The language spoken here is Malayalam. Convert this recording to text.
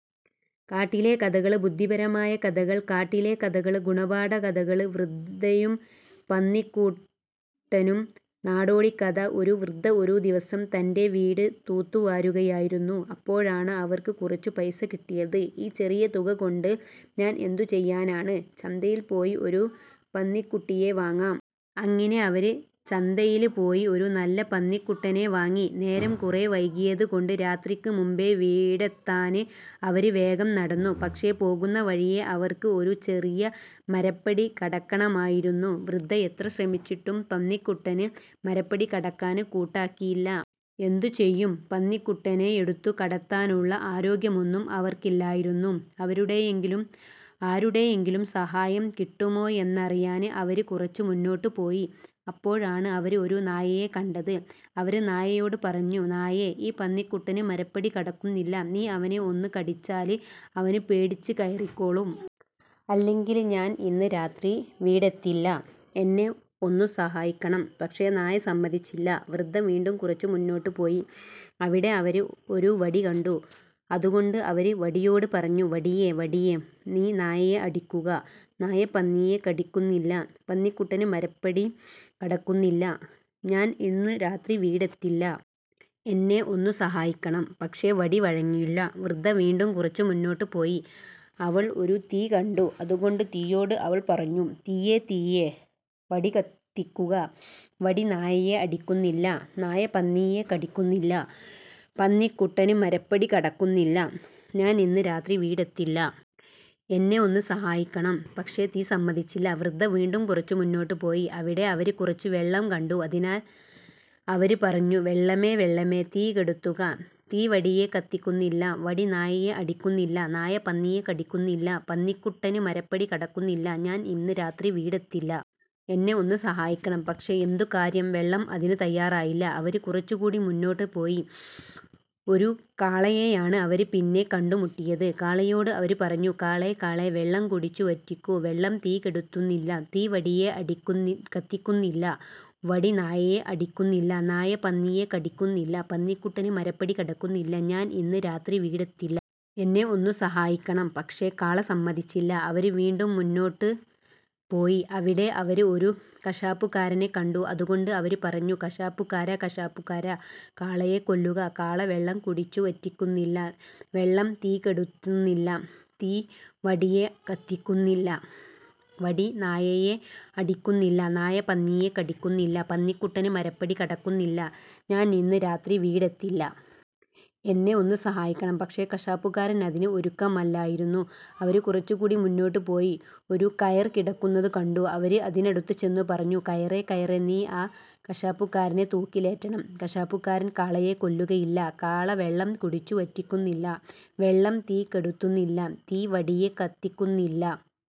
കാട്ടിലെ കഥകള് ബുദ്ധിപരമായ കഥകൾ കാട്ടിലെ കഥകള് ഗുണപാഠ കഥകള് വൃദ്ധയും പന്നിക്കുട്ടനും നാടോടിക്കഥ ഒരു വൃദ്ധ ഒരു ദിവസം തന്റെ വീട് തൂത്തുവാരുകയായിരുന്നു. അപ്പോഴാണ് അവര്ക്ക് കുറച്ചു പൈസ കിട്ടിയത്, "ഈ ചെറിയ തുക കൊണ്ട് ഞാൻ എന്തു ചെയ്യാനാണ്? ചന്തയിൽ പോയി ഒരു പന്നിക്കുട്ടിയെ വാങ്ങാം. " അങ്ങിനെ അവര് ചന്തയില് പോയി ഒരു നല്ല പന്നിക്കുട്ടനെ വാങ്ങി. നേരം കുറെ വൈകിയത് കൊണ്ട് രാത്രിക്ക് മുന്പേ വീടെത്താന് അവര് വേഗം നടന്നു. പക്ഷേ പോകുന്ന വഴിയേ അവര്ക്ക് ഒരു ചെറിയ മരപ്പടി കടക്കണമായിരുന്നു. വൃദ്ധ എത്ര ശ്രമിച്ചിട്ടും പന്നിക്കുട്ടന് മരപ്പടി കടക്കാന് കൂട്ടാക്കിയില്ല. എന്തു ചെയ്യും? പന്നിക്കുട്ടനെ എടുത്തു കടത്താനുള്ള ആരോഗ്യമൊന്നും അവര്ക്കില്ലായിരുന്നു. ആരുടെയെങ്കിലും സഹായം കിട്ടുമോയെന്നറിയാന് അവര് കുറച്ച് മുന്നോട്ട് പോയി. അപ്പോഴാണ് അവര് ഒരു നായയെ കണ്ടത്. അവര് നായയോട് പറഞ്ഞു: "നായേ! ഈ പന്നിക്കുട്ടന് മരപ്പടി കടക്കുന്നില്ല. നീ അവനെ ഒന്നു കടിച്ചാല് അവന് പേടിച്ച് കയറിക്കോളും. അല്ലെങ്കില് ഞാൻ ഇന്ന് രാത്രി വീടെത്തില്ല. എന്നെ ഒന്നു സഹായിക്കണം! " പക്ഷേ നായ സമ്മതിച്ചില്ല. വൃദ്ധ വീണ്ടും കുറച്ച് മുന്നോട്ട് പോയി. അവിടെ അവര് ഒരു വടി കണ്ടു. അതുകൊണ്ട് അവര് വടിയോട് പറഞ്ഞു: "വടിയേ! വടിയേ! നീയാ നായയെ അടിക്കുക! നായ പന്നിയെ കടിക്കുന്നില്ല; പന്നിക്കുട്ടന് മരപ്പടി കടക്കുന്നില്ല; ഞാൻ ഇന്ന് രാത്രി വീടെത്തില്ല. എന്നെ ഒന്നു സഹായിക്കണം! " പക്ഷേ വടി വഴങ്ങിയില്ല. വൃദ്ധ വീണ്ടും കുറച്ച് മുന്നോട്ട് പോയി. അവൾ ഒരു തീ കണ്ടു. അതുകൊണ്ട് തീയോട് അവൾ പറഞ്ഞു: "തീയേ! തീയേ! വടി കത്തിക്കുക; വടി നായയെ അടിക്കുന്നില്ല; നായ പന്നിയെ കടിക്കുന്നില്ല; പന്നിക്കുട്ടന് മരപ്പടി കടക്കുന്നില്ല; ഞാൻ ഇന്ന് രാത്രി വീടെത്തില്ല. എന്നെ ഒന്നു സഹായിക്കണം! ". പക്ഷേ തീ സമ്മതിച്ചില്ല. വൃദ്ധ വീണ്ടും കുറച്ച് മുന്നോട്ട് പോയി. അവിടെ അവര് കുറച്ച് വെള്ളം കണ്ടു. അതിനാൽ അവര് പറഞ്ഞു: "വെള്ളമേ, വെള്ളമേ! തീ കെടുത്തുക; തീ വടിയേ കത്തിക്കുന്നില്ല; വടി നായയെ അടിക്കുന്നില്ല; നായ പന്നിയെ കടിക്കുന്നില്ല; പന്നിക്കുട്ടന് മരപ്പടി കടക്കുന്നില്ല; ഞാൻ ഇന്ന് രാത്രി വീടെത്തില്ല. എന്നെ ഒന്നു സഹായിക്കണം! " പക്ഷേ എന്തു കാര്യം, വെള്ളം അതിന് തയ്യാറായില്ല. അവര് കുറച്ചുകൂടി മുന്നോട്ട് പോയി. ഒരു കാളയെയാണ് അവര് പിന്നെ കണ്ടുമുട്ടിയത്. കാളയോട് അവര് പറഞ്ഞു: "കാളേ! കാളേ! വെള്ളം കുടിച്ചു വറ്റിക്കൂ; വെള്ളം തീ കെടുത്തുന്നില്ല; തീ വടിയേ കത്തിക്കുന്നില്ല; വടി നായയെ അടിക്കുന്നില്ല; നായ പന്നിയെ കടിക്കുന്നില്ല; പന്നിക്കുട്ടന് മരപ്പടി കടക്കുന്നില്ല; ഞാൻ ഇന്ന് രാത്രി വീടെത്തില്ല. എന്നെ ഒന്നു സഹായിക്കണം! പക്ഷേ കാള സമ്മതിച്ചില്ല. അവര് വീണ്ടും മുന്നോട്ട് പോയി. അവിടെ അവര് ഒരു കശാപ്പുകാരനെ കണ്ടു. അതുകൊണ്ട് അവര്പറഞ്ഞു: "കശാപ്പുകാരാ! കശാപ്പുകാരാ! കാളയെ കൊല്ലുക; കാള വെള്ളം കുടിച്ചു വറ്റിക്കുന്നില്ല; വെള്ളം തീ കെടുത്തുന്നില്ല; തീ വടിയേ കത്തിക്കുന്നില്ല; വടി നായയെ അടിക്കുന്നില്ല; നായ പന്നിയെ കടിക്കുന്നില്ല; പന്നിക്കുട്ടന് മരപ്പടി കടക്കുന്നില്ല; ഞാൻ ഇന്ന് രാത്രി വീടെത്തില്ല. എന്നെ ഒന്നു സഹായിക്കണം! " പക്ഷേ, കശാപ്പുകാരൻ അതിന് ഒരുക്കമല്ലായിരുന്നു. അവര് കുറച്ചുകൂടി മുന്നോട്ട് പോയി. ഒരു കയർ കിടക്കുന്നത് കണ്ടു അവര് അതിനടുത്ത് ചെന്നു പറഞ്ഞു: "കയറേ! കയറേ! നീ ആ കശാപ്പുകാരനെ തൂക്കിലേറ്റണം; കശാപ്പുകാരൻ കാളയെ കൊല്ലുകയില്ല; കാള വെള്ളം കുടിച്ചു വറ്റിക്കുന്നില്ല; വെള്ളം തീ കെടുത്തുന്നില്ല; തീ വടിയേ കത്തിക്കുന്നില്ല;